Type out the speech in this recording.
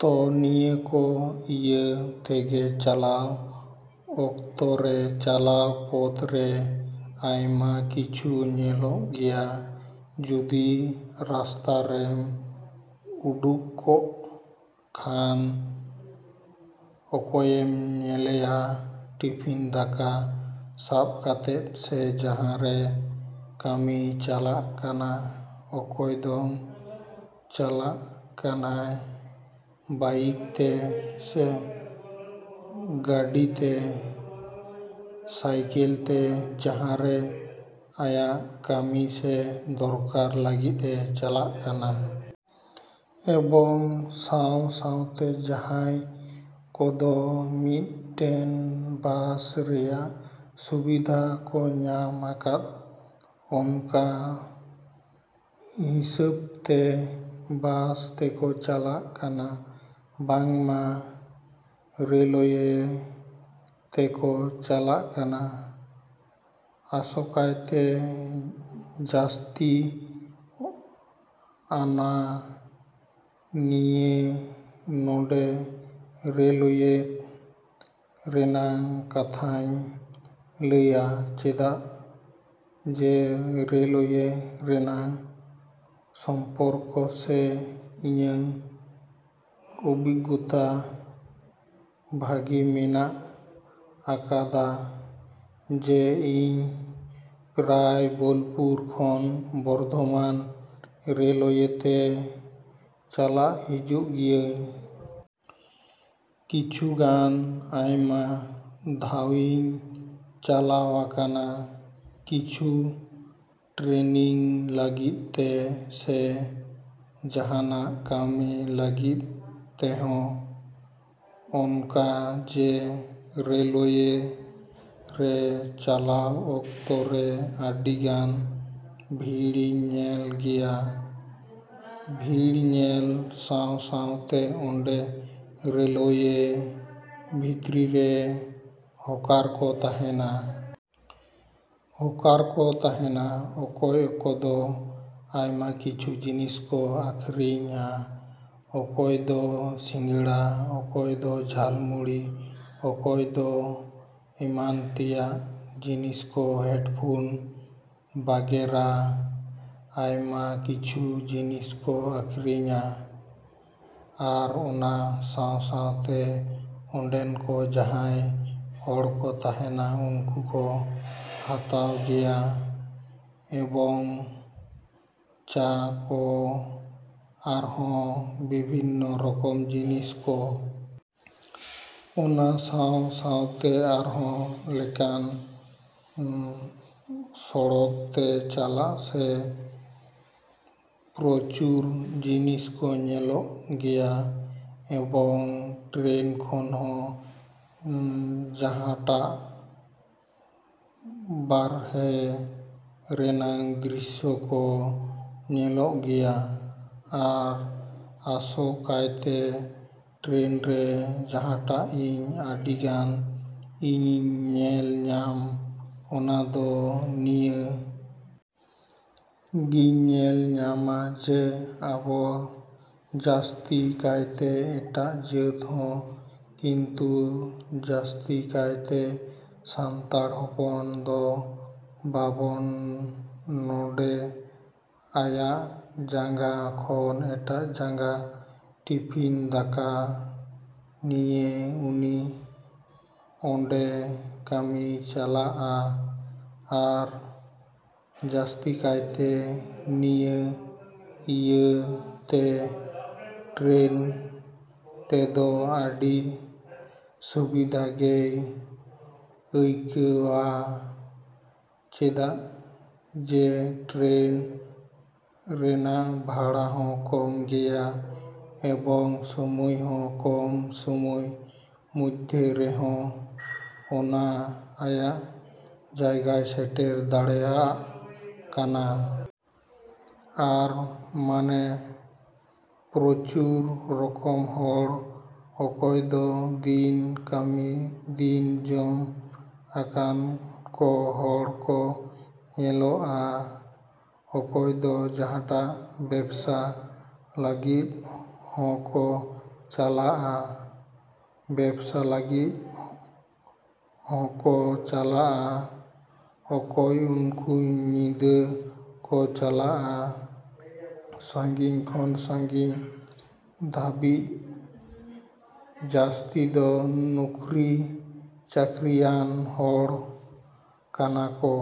ᱛᱚ ᱱᱤᱭᱟᱹ ᱠᱚ ᱤᱭᱟᱹ ᱛᱮᱜᱮ ᱪᱟᱞᱟᱣ ᱚᱠᱛᱚ ᱨᱮ ᱪᱟᱞᱟᱣ ᱯᱚᱫᱽ ᱨᱮ ᱟᱭᱢᱟ ᱠᱤᱪᱷᱩ ᱧᱮᱞᱚᱜ ᱜᱮᱭᱟ᱾ ᱡᱩᱫᱤ ᱨᱟᱥᱛᱟ ᱨᱮᱢ ᱳᱰᱩᱠᱚᱜ ᱠᱷᱟᱱ ᱚᱠᱚᱭᱮᱢ ᱧᱮᱞᱮᱭᱟ ᱴᱤᱯᱷᱤᱱ ᱫᱟᱠᱟ ᱥᱟᱵ ᱠᱟᱛᱮ ᱥᱮ ᱡᱟᱦᱟᱸ ᱨᱮ ᱠᱟᱹᱢᱤᱭ ᱪᱟᱞᱟᱜ ᱠᱟᱱᱟ ᱚᱠᱚᱭ ᱫᱚᱭ ᱪᱟᱞᱟᱜ ᱠᱟᱱᱟ ᱵᱟᱭᱤᱠ ᱛᱮ ᱥᱮ ᱜᱟᱹᱰᱤ ᱛᱮ ᱥᱟᱭᱠᱮᱹᱞ ᱛᱮ ᱡᱟᱦᱟᱸ ᱨᱮ ᱟᱭᱟᱜ ᱠᱟᱹᱢᱤ ᱥᱮ ᱫᱚᱨᱠᱟᱨ ᱞᱟᱹᱜᱤᱫ ᱮ ᱪᱟᱞᱟᱜ ᱠᱟᱱᱟ᱾ ᱮᱵᱚᱝ ᱥᱟᱶ ᱥᱟᱶᱛᱮ ᱡᱟᱦᱟᱸᱭ ᱠᱚᱫᱚ ᱢᱤᱫ ᱴᱮᱱ ᱵᱟᱥ ᱨᱮᱭᱟᱜ ᱥᱩᱵᱤᱫᱷᱟ ᱠᱚ ᱧᱟᱢ ᱟᱠᱟᱫ ᱚᱱᱠᱟ ᱦᱤᱥᱟᱹᱵᱽ ᱛᱮ ᱵᱟᱥ ᱛᱮᱠᱚ ᱪᱟᱞᱟᱜ ᱠᱟᱱᱟ ᱵᱟᱝᱢᱟ ᱨᱮᱞᱳᱣᱮ ᱛᱮᱠᱚ ᱪᱟᱞᱟᱜ ᱠᱟᱱᱟ᱾ ᱟᱥᱚᱠᱟᱭᱛᱮ ᱡᱟᱹᱥᱛᱤ ᱟᱱᱟ ᱱᱤᱭᱮ ᱱᱚᱸᱰᱮ ᱨᱮᱞᱳᱣᱮ ᱨᱮᱱᱟᱜ ᱠᱟᱛᱷᱟᱧ ᱞᱟᱹᱭᱟ ᱪᱮᱫᱟᱜ ᱡᱮ ᱨᱮᱞᱳᱣᱮ ᱨᱮᱱᱟᱜ ᱥᱚᱢᱯᱚᱨᱠᱚ ᱥᱮ ᱤᱧᱟᱜ ᱚᱵᱷᱤᱜᱽᱜᱚᱛᱟ ᱵᱷᱟᱜᱮ ᱦᱮᱱᱟᱜ ᱟᱠᱟᱫᱟ ᱡᱮ ᱤᱧ ᱯᱨᱟᱭ ᱵᱳᱞᱯᱩᱨ ᱠᱷᱚᱱ ᱵᱚᱨᱫᱚᱢᱟᱱ ᱨᱮᱞᱳᱣᱮ ᱛᱮ ᱪᱟᱞᱟᱜ ᱦᱤᱡᱩᱜ ᱜᱮᱭᱟᱹᱧ᱾ ᱠᱤᱪᱷᱩ ᱜᱟᱱ ᱟᱭᱢᱟ ᱫᱷᱟᱣ ᱤᱧ ᱪᱟᱞᱟᱣ ᱟᱠᱟᱱᱟ ᱠᱤᱪᱷᱩ ᱴᱨᱮᱱᱤᱝ ᱞᱟᱹᱜᱤᱫ ᱛᱮ ᱥᱮ ᱡᱟᱦᱟᱱᱟᱜ ᱠᱟᱹᱢᱤ ᱞᱟᱹᱜᱤᱫ ᱛᱮᱦᱚᱸ᱾ ᱚᱱᱠᱟ ᱡᱮ ᱨᱮᱞᱳᱣᱮ ᱨᱮ ᱪᱟᱞᱟᱣ ᱚᱠᱛᱚ ᱨᱮ ᱟᱹᱰᱤ ᱜᱟᱱ ᱵᱷᱤᱲ ᱤᱧ ᱧᱮᱞ ᱜᱮᱭᱟ᱾ ᱵᱷᱤᱲ ᱧᱮᱞ ᱥᱟᱶ ᱥᱟᱶᱛᱮ ᱚᱸᱰᱮ ᱨᱮᱞᱳᱣᱮ ᱵᱷᱤᱛᱨᱤ ᱨᱮ ᱦᱚᱠᱟᱨ ᱠᱚ ᱛᱟᱦᱮᱱᱟ᱾ ᱦᱚᱠᱟᱨ ᱠᱚ ᱛᱟᱦᱮᱱᱟ ᱚᱠᱚᱭ ᱠᱚᱫᱚ ᱟᱭᱢᱟ ᱠᱤᱪᱷᱩ ᱡᱤᱱᱤᱥ ᱠᱚ ᱟᱹᱠᱷᱨᱤᱧᱟ ᱚᱠᱚᱭ ᱫᱚ ᱥᱤᱸᱜᱟᱲᱟ ᱚᱠᱚᱭ ᱫᱚ ᱡᱷᱟᱞ ᱢᱩᱲᱤ ᱚᱠᱚᱭ ᱫᱚ ᱮᱢᱟᱱ ᱛᱮᱭᱟᱜ ᱡᱤᱱᱤᱥ ᱠᱚ ᱦᱮᱰᱯᱷᱳᱱ ᱵᱟᱜᱮᱨᱟ ᱟᱭᱢᱟ ᱠᱤᱪᱷᱩ ᱡᱤᱱᱤᱥ ᱠᱚ ᱟᱹᱠᱷᱨᱤᱧᱟ᱾ ᱟᱨ ᱚᱱᱟ ᱥᱟᱶ ᱥᱟᱶᱛᱮ ᱚᱸᱰᱮᱱ ᱠᱚ ᱡᱟᱦᱟᱸᱭ ᱦᱚᱲ ᱠᱚ ᱛᱟᱦᱮᱱᱟ ᱩᱱᱠᱩ ᱠᱚ ᱦᱟᱛᱟᱣ ᱜᱮᱭᱟ ᱮᱵᱚᱝ ᱪᱟ ᱠᱚ ᱟᱨᱦᱚᱸ ᱵᱤᱵᱷᱤᱱᱱᱚ ᱨᱚᱠᱚᱢ ᱡᱤᱱᱤᱥ ᱠᱚ᱾ ᱚᱱᱟ ᱥᱟᱶ ᱥᱟᱶᱛᱮ ᱟᱨᱦᱚᱸ ᱡᱮᱠᱷᱚᱱ ᱥᱚᱲᱚᱠ ᱛᱮ ᱪᱟᱞᱟᱜ ᱥᱮ ᱯᱨᱚᱪᱩᱨ ᱡᱤᱱᱤᱥ ᱠᱚ ᱧᱮᱞᱚᱜ ᱜᱮᱭᱟ ᱮᱵᱚᱝ ᱴᱨᱮᱱ ᱠᱷᱚᱱ ᱦᱚᱸ ᱡᱟᱦᱟᱸᱴᱟᱜ ᱵᱟᱨᱦᱮ ᱨᱮᱭᱟᱜ ᱫᱨᱤᱥᱥᱚ ᱠᱚ ᱧᱮᱞᱚᱜ ᱜᱮᱭᱟ᱾ ᱟᱨ ᱟᱥᱚ ᱠᱟᱭᱛᱮ ᱴᱨᱮᱱ ᱨᱮ ᱡᱟᱦᱟᱸᱴᱟᱜ ᱤᱧ ᱟᱹᱰᱤ ᱜᱟᱱ ᱤᱧ ᱧᱮᱞ ᱧᱟᱢ ᱚᱱᱟ ᱫᱚ ᱱᱤᱭᱟ. ᱜᱤᱧ ᱧᱮᱞ ᱧᱟᱢᱟ ᱡᱮ ᱟᱵᱚ ᱡᱟᱹᱥᱛᱤ ᱠᱟᱭᱛᱮ ᱮᱴᱟᱜ ᱡᱟᱹᱛ ᱦᱚᱸ ᱠᱤᱱᱛᱩ ᱡᱟᱹᱥᱛᱤ ᱠᱟᱭ ᱛᱮ ᱥᱟᱱᱛᱟᱲ ᱦᱚᱯᱚᱱ ᱫᱚ ᱵᱟᱵᱚ ᱱᱚᱰᱮ ᱟᱭᱟᱜ ᱡᱟᱸᱜᱟ ᱠᱷᱚᱱ ᱮᱴᱟᱜ ᱡᱟᱸᱜᱟ ᱴᱤᱯᱤᱱ ᱫᱟᱠᱟ ᱱᱤᱭᱮ ᱩᱱᱤ ᱚᱰᱮ ᱠᱟᱹᱢᱤᱭ ᱪᱟᱞᱟᱜᱼᱟ᱾ ᱟᱨ ᱟᱥᱚᱠᱟᱭᱛᱮ ᱱᱤᱭᱟᱹ ᱤᱭᱟᱹ ᱛᱮ ᱴᱨᱮᱱ ᱛᱮᱫᱚ ᱟᱹᱰᱤ ᱥᱩᱵᱤᱫᱟ ᱜᱮᱭ ᱟᱹᱭᱠᱟᱹᱣᱮᱭᱟ ᱪᱮᱫᱟᱜ ᱡᱮ ᱴᱨᱮᱱ ᱨᱮᱭᱟᱜ ᱵᱷᱟᱲᱟ ᱦᱚᱸ ᱠᱚᱢ ᱜᱮᱭᱟ ᱮᱵᱚᱝ ᱥᱳᱢᱳᱭ ᱦᱚᱸ ᱠᱚᱢ ᱥᱳᱢᱳᱭ ᱢᱚᱫᱽᱫᱷᱮ ᱨᱮᱦᱚᱸ ᱚᱱᱟ ᱟᱭᱟᱜ ᱡᱟᱭᱜᱟᱭ ᱥᱮᱴᱮᱨ ᱫᱟᱲᱮᱭᱟᱜ ᱠᱟᱱᱟ᱾ ᱟᱨ ᱢᱟᱱᱮ ᱯᱨᱚᱪᱩᱨ ᱨᱚᱠᱚᱢ ᱦᱚᱲ ᱚᱠᱚᱭ ᱫᱚ ᱫᱤᱱ ᱠᱟᱹᱢᱤ ᱫᱤᱱ ᱡᱚᱢ ᱚᱱᱠᱟᱱ ᱠᱚ ᱦᱚᱲ ᱠᱚ ᱧᱮᱞᱚᱜᱼᱟ ᱚᱠᱚᱭ ᱫᱚ ᱡᱟᱦᱟᱴᱟᱜ ᱵᱮᱵᱽᱥᱟ ᱞᱟᱹᱜᱤᱫ ᱦᱚᱸᱠᱚ ᱪᱟᱞᱟᱜᱼᱟ ᱵᱮᱵᱽᱥᱟ ᱞᱟᱹᱜᱤᱫ ᱦᱚᱠᱚ ᱪᱟᱞᱟᱜᱼᱟ ᱚᱠᱚᱭ ᱩᱱᱠᱩ ᱧᱤᱫᱟᱹ ᱠᱚ ᱪᱟᱞᱟᱜ-ᱟ ᱥᱟᱺᱜᱤᱧ ᱠᱷᱚᱱ ᱥᱟᱺᱜᱤᱧ ᱫᱷᱟᱵᱤᱡᱽ ᱡᱟᱥᱛᱤ ᱫᱚ ᱱᱩᱠᱨᱤ ᱪᱟᱠᱨᱤᱭᱟᱱ ᱦᱚᱲ ᱠᱟᱱᱟ ᱠᱚ᱾